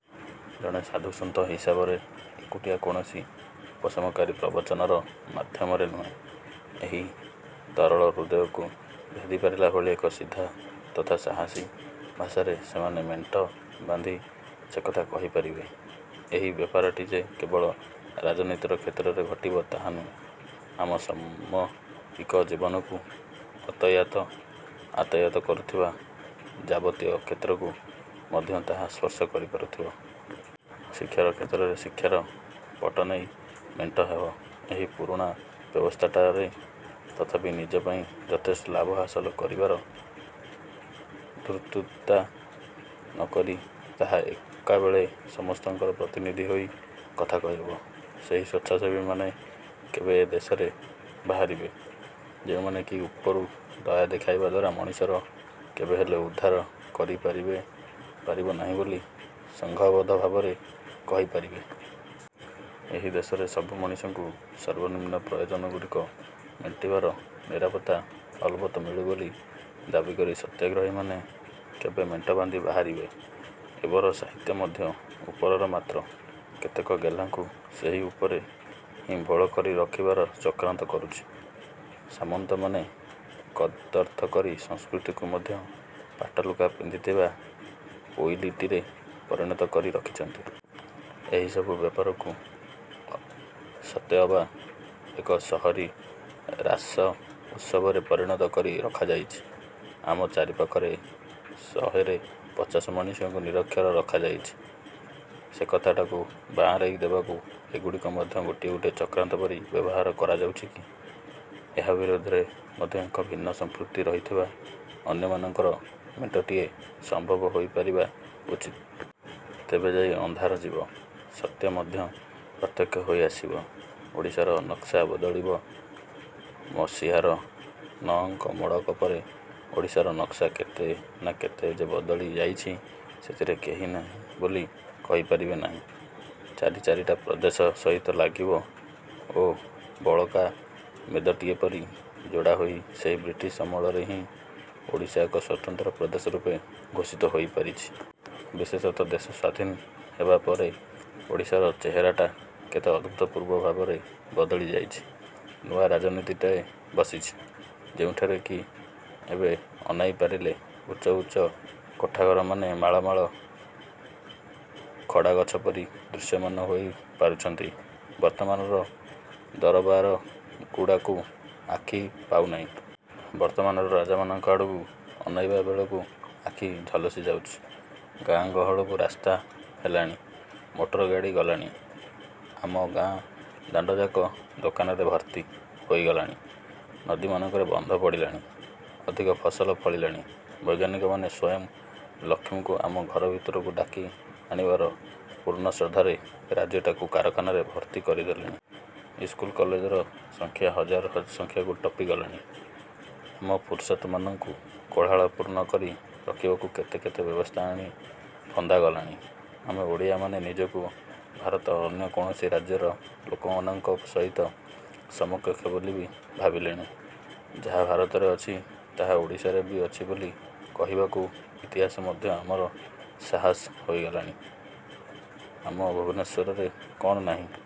ଜଣେ ସାଧୁ ସନ୍ଥ ହିସାବରେ ଏକୁଟିଆ କୌଣସି ଉପଶମକାରୀ ପ୍ରବଚନର ମାଧ୍ୟମରେ ନୁହେଁ, ଏହି ତଳର ହୃଦୟକୁ ଭେଦି ପାରିଲାଭଳି ଏକ ସିଧା ତଥା ସାହସୀ ଭାଷାରେ ସେମାନେ ମେଣ୍ଟ ବାନ୍ଧି ସେକଥା କହିପାରିବେ? ଏହି ବ୍ୟାପାରଟି ଯେ କେବଳ ରାଜନୀତିର କ୍ଷେତ୍ରରେ ଘଟିବ ତାହା ନୁହେଁ, ଆମ ସାମୂହିକ ଜୀବନକୁ ଆତଯାତ କରୁଥିବା ଯାବତୀୟ କ୍ଷେତ୍ରକୁ ମଧ୍ୟ ତାହା ସ୍ପର୍ଶ କରିପାରୁଥିବ। ଶିକ୍ଷାର କ୍ଷେତ୍ରରେ ଶିକ୍ଷାର ପଟ ନେଇ ମେଣ୍ଟ ହେବ। ଏହି ପୁରୁଣା ବ୍ୟବସ୍ଥାଟାରେ ତଥାପି ନିଜ ପାଇଁ ଯଥେଷ୍ଟ ଲାଭ ହାସଲ କରିବାର ଧୂର୍ତ୍ତତା ନକରି ତାହା ଏକାବେଳେକେ ସମସ୍ତଙ୍କର ପ୍ରତିନିଧି ହୋଇ କଥା କହିବ। ସେହି ସ୍ଵେଚ୍ଛାସେବୀମାନେ କେବେ ଏ ଦେଶରେ ବାହାରିବେ, ଯେଉଁମାନେ କି ଉପରୁ ଦୟା ଦେଖାଇବା ଦ୍ୱାରା ମଣିଷର କେବେହେଲେ ଉଦ୍ଧାର ହୋଇପାରିବ ନାହିଁ ବୋଲି ସଂଘବଦ୍ଧ ଭାବରେ କହିପାରିବେ? ଏହି ଦେଶରେ ସବୁ ମଣିଷଙ୍କୁ ସର୍ବନିମ୍ନ ପ୍ରୟୋଜନଗୁଡ଼ିକ ମେଣ୍ଟିବାର ନିରାପତ୍ତା ଅଲବତ ମିଳୁ ବୋଲି ଦାବିକରି ସତ୍ୟାଗ୍ରହୀମାନେ କେବେ ମେଣ୍ଟ ବାନ୍ଧି ବାହାରିବେ? ଏବର ସାହିତ୍ୟ ମଧ୍ୟ ଉପରର ମାତ୍ର କେତେକ ଗେହ୍ଲାଙ୍କୁ ସେହି ଉପରେ ହିଁ ଭୋଳ କରି ରଖିବାର ଚକ୍ରାନ୍ତ କରୁଛି, ସାମନ୍ତମାନେ କଦର୍ଥ କରି ସଂସ୍କୃତିକୁ ମଧ୍ୟ ପାଟଲୁଗା ପିନ୍ଧିଥିବା ପୋଇଲୀଟିରେ ପରିଣତ କରି ରଖିଛନ୍ତି। ଏହିସବୁ ବ୍ୟାପାରକୁ ସତେଅବା ଏକ ସହରୀ ରାସଉତ୍ସବରେ ପରିଣତ କରି ରଖାଯାଇଛି। ଆମ ଚାରିପାଖରେ ଶହେରେ ପଚାଶ ମଣିଷଙ୍କୁ ନିରକ୍ଷର ରଖାଯାଇଛି, ସେକଥାଟାକୁ ବାଆଁରେଇ ଦେବାକୁ ଏଗୁଡ଼ିକୁ ମଧ୍ୟ ଗୋଟିଏ ଗୋଟିଏ ଚକ୍ରାନ୍ତ ପରି ବ୍ୟବହାର କରାଯାଉଛି କି? ଏହା ବିରୋଧରେ ମଧ୍ୟ ଏକ ଭିନ୍ନ ସମ୍ପୃକ୍ତି ରହିଥିବା ଅନ୍ୟମାନଙ୍କର ମେଣ୍ଟଟିଏ ସମ୍ଭବ ହୋଇପାରିବା ଉଚିତ।। ତେବେ ଯାଇ ଅନ୍ଧାର ଯିବ। ସତ୍ୟ ମଧ୍ୟ ପ୍ରତ୍ୟକ୍ଷ ହୋଇ ଆସିବ। ଓଡ଼ିଶାର ନକ୍ସା ବଦଳିଯିବ ମସିହାର ନଅଙ୍କ ମଡ଼କ ପରେ ଓଡ଼ିଶାର ନକ୍ସା କେତେ ନା କେତେ ଯେ ବଦଳି ଯାଇଛି, ସେଥିରେ କେହି ନାହିଁ ବୋଲି କହିପାରିବେ ନାହିଁ। ଚାରି ଚାରିଟା ପ୍ରଦେଶ ସହିତ ଲାଗିବ ବା ବଳକା ମେଦଟିଏ ପରି ଯୋଡ଼ା ହୋଇ ସେହି ବ୍ରିଟିଶ ଅମଳରେ ହିଁ ଓଡ଼ିଶା ଏକ ସ୍ଵତନ୍ତ୍ର ପ୍ରଦେଶ ରୂପେ ଘୋଷିତ ହୋଇପାରିଛି। ବିଶେଷତଃ ଦେଶ ସ୍ୱାଧୀନ ହେବା ପରେ ଓଡ଼ିଶାର ଚେହେରାଟା କେତେ ଅଭୂତପୂର୍ବ ଭାବରେ ବଦଳି ଯାଇଛି। ନୂଆ ରାଜଧାନୀଟାଏ ବସିଛି, ଯେଉଁଠାରେ କି ଏବେ ଅନାଇ ପାରିଲେ ଉଚ୍ଚ ଉଚ୍ଚ କୋଠାଘରମାନେ ମାଳ ମାଳ ଖଡ଼ାଗଛ ପରି ଦୃଶ୍ୟମାନ ହୋଇ ପାରୁଛନ୍ତି। ବର୍ତ୍ତମାନର ଦରବାରଗୁଡ଼ାକୁ ଆଖି ପାଉନାହିଁ। ବର୍ତ୍ତମାନର ରାଜାମାନଙ୍କ ଆଡ଼କୁ ଅନାଇବା ବେଳକୁ ଆଖି ଝଲସି ଯାଉଛି। ଗାଆଁ ଗହଳକୁ ରାସ୍ତା ହେଲାଣି, ମୋଟର ଗାଡ଼ି ଗଲାଣି, ଆମ ଗାଆଁ ଦାଣ୍ଡଟାଯାକ ଦୋକାନରେ ଭର୍ତ୍ତି ହୋଇଗଲାଣି। ନଦୀମାନଙ୍କରେ ବନ୍ଧ ପଡ଼ିଲାଣି, ଅଧିକ ଫସଲ ଫଳିଲାଣି। ବୈଜ୍ଞାନିକମାନେ ସ୍ୱୟଂ ଲକ୍ଷ୍ମୀଙ୍କୁ ଆମ ଘର ଭିତରକୁ ଡ଼ାକି ଆଣିବାର ପୂର୍ଣ୍ଣ ଶ୍ରଦ୍ଧାରେ ରାଜ୍ୟଟାକୁ କାରଖାନାରେ ଭର୍ତ୍ତି କରିଦେଲେଣି-। ଇସ୍କୁଲ କଲେଜର ସଂଖ୍ୟା ହଜାର ସଂଖ୍ୟାକୁ ଟପି ଗଲାଣି। ଆମ ଫୁରସତମାନଙ୍କୁ କୋଳାହଳପୂର୍ଣ୍ଣ କରି ରଖିବାକୁ କେତେ କେତେ ବ୍ୟବସ୍ଥା ଆଣି ଫନ୍ଦା ଗଲାଣି। ଆମେ ଓଡ଼ିଆମାନେ ନିଜକୁ ଭାରତର ଅନ୍ୟ ଯେକୌଣସି ରାଜ୍ୟର ଲୋକମାନଙ୍କ ସହିତ ସମକକ୍ଷ ବୋଲି ବି ଭାବିଲେଣି। ଯାହା ଭାରତରେ ଅଛି, ତାହା ଓଡ଼ିଶାରେ ବି ଅଛି ବୋଲି କହିବାକୁ ଇତିମଧ୍ୟରେ ଆମର ସାହସ ହୋଇଗଲାଣି। ଆମ ଭୁବନେଶ୍ୱରରେ କ'ଣ ନାହିଁ